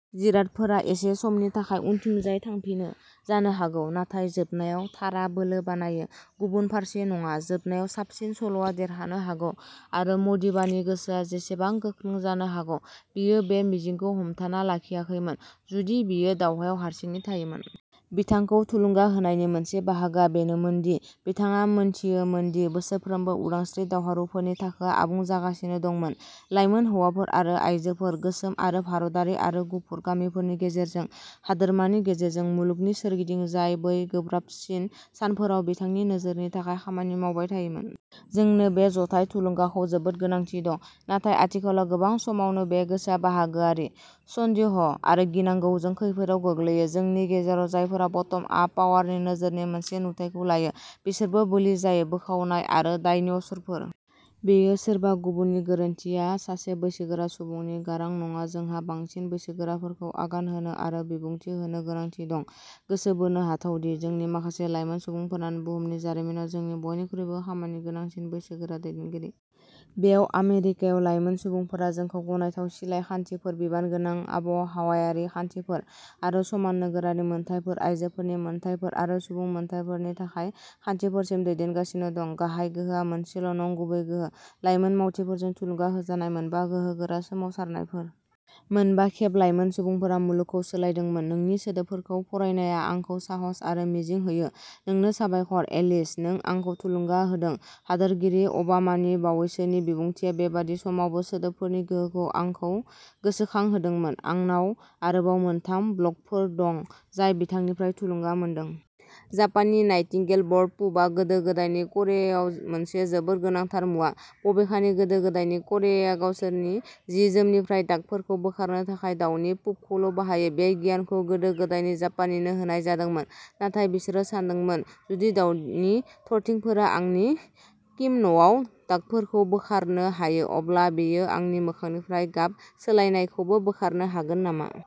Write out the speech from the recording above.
जिरादफोरा एसे समनि थाखाय उनथिंजाय थांफिनो जानो हागौ, नाथाय जोबनायाव, थारआ बोलो बानायो, गुबुन फारसे नङा। जोबनायाव, साबसिन सल'आ देरहानो हागौ आरो मदिबानि गोसोआ जेसेबां गोख्रों जानो हागौ, बियो बे मिजिंखौ हमथाना लाखियाखैमोन जुदि बियो दावहायाव हारसिङै थायोमोन। बिथांखौ थुलुंगा होनायनि मोनसे बाहागोआ बेनोमोन दि बिथाङा मोनथियोमोन दि बोसोरफ्रोमबो, उदांस्रि दावहारुफोरनि थाखोआ आबुं जागासिनो दंमोन, लाइमोन हौवाफोर आरो आयजोफोर; गोसोम आरो भारतारि आरो गुफुर, गामिफोरनि गेजेरजों, हादोरमानि गेजेरजों, मुलुगनि सोरगिदिं, जाय बै गोब्राबसिन सानफोराव बिथांनि नोजोरनि थाखाय खामानि मावबाय थायोमोन। जोंनो बे जथाय थुलुंगाखौ जोबोद गोनांथि दं। नाथाय आथिखालाव गोबां समावनो, बे गोसोआ बाहागोआरि, सन्देह आरो गिनांगौजों खैफोदआव गोग्लैयो। जोंनि गेजेराव जायफोरा ब'टम आप पावारनि नोजोरनि मोनसे नुथायखौ लायो, बिसोरबो बोलि जायो। बोखावनाय आरो दायनि असुरफोर। "बेयो सोरबा गुबुननि गोरोन्थि" आ सासे बैसोगोरा सुबुंनि गारां नङा। जोंहा बांसिन बैसोगोराफोरखौ आगान होनो आरो बिबुंथि होनो गोनांथि दं। गोसो बोनो हाथाव दि, जोंनि माखासे लाइमोन सुबुंफोरानो बुहुमनि जारिमिनाव जोंनि बयनिख्रुइबो खामानिगोनांसिन बैसोगोरा दैदेनगिरि। बेयाव आमेरिकायाव, लाइमोन सुबुंफोरा जोंखौ गनायथाव सिलाइ खान्थिफोर, बिबानगोनां आबहावायारि खान्थिफोर आरो समान नोगोरारि मोनथायफोर, आयजोफोरनि मोनथायफोर आरो सुबुं मोनथायफोरनि थाखाय खान्थिफोरसिम दैदेनगासिनो दं। गाहाय गोहोआ मोनसेल'नंगुबै गोहो। लाइमोन मावथिफोरजों थुलुंगा होजानाय मोनबा गोहोगोरा सोमावसारनायफोर। मोनबा खेब लाइमोन सुबुंफोरा मुलुगखौ सोलायदोंमोन। नोंनि सोदोबफोरखौ फरायनाया आंखौ साहस आरो मिजिं होयो। नोंनो साबायखर, एलिस। नों आंखौ थुलुंगा होदों। हादोरगिरि अबामानि बावैसोनि बिबुंथिआ बेबादि समावबो सोदोबफोरनि गोहोखौ आंखौ गोसोखांहोदोंमोन। आंनाव आरोबाव मोनथाम ब्लगफोर दं, जाय बिथांनिफ्राय थुलुंगा मोनदों। जापानी नाइटिंगेल बर्ड पुपआ गोदो-गोदायनि करियायाव मोनसे जोबोद गोनांथार मुवा। बबेखानि, गोदो-गोदायनि करियाया गावसोरनि जि-जोमनिफ्राय दागफोरखौ बोखारनो थाखाय दावनि पुपखौल'बाहायो। बे गियानखौ गोदो-गोदायनि जापानिनो होनाय जादोंमोन नाथाय बिसोरो सानदोंमोन, "जुदि दावनि थरथिंफोरा आंनि किमन'आव दागफोरखौ बोखारनो हायो, अब्ला बेयो आंनि मोखांनिफ्राय गाब सोलायनायखौबो बोखारनो हागोन नामा?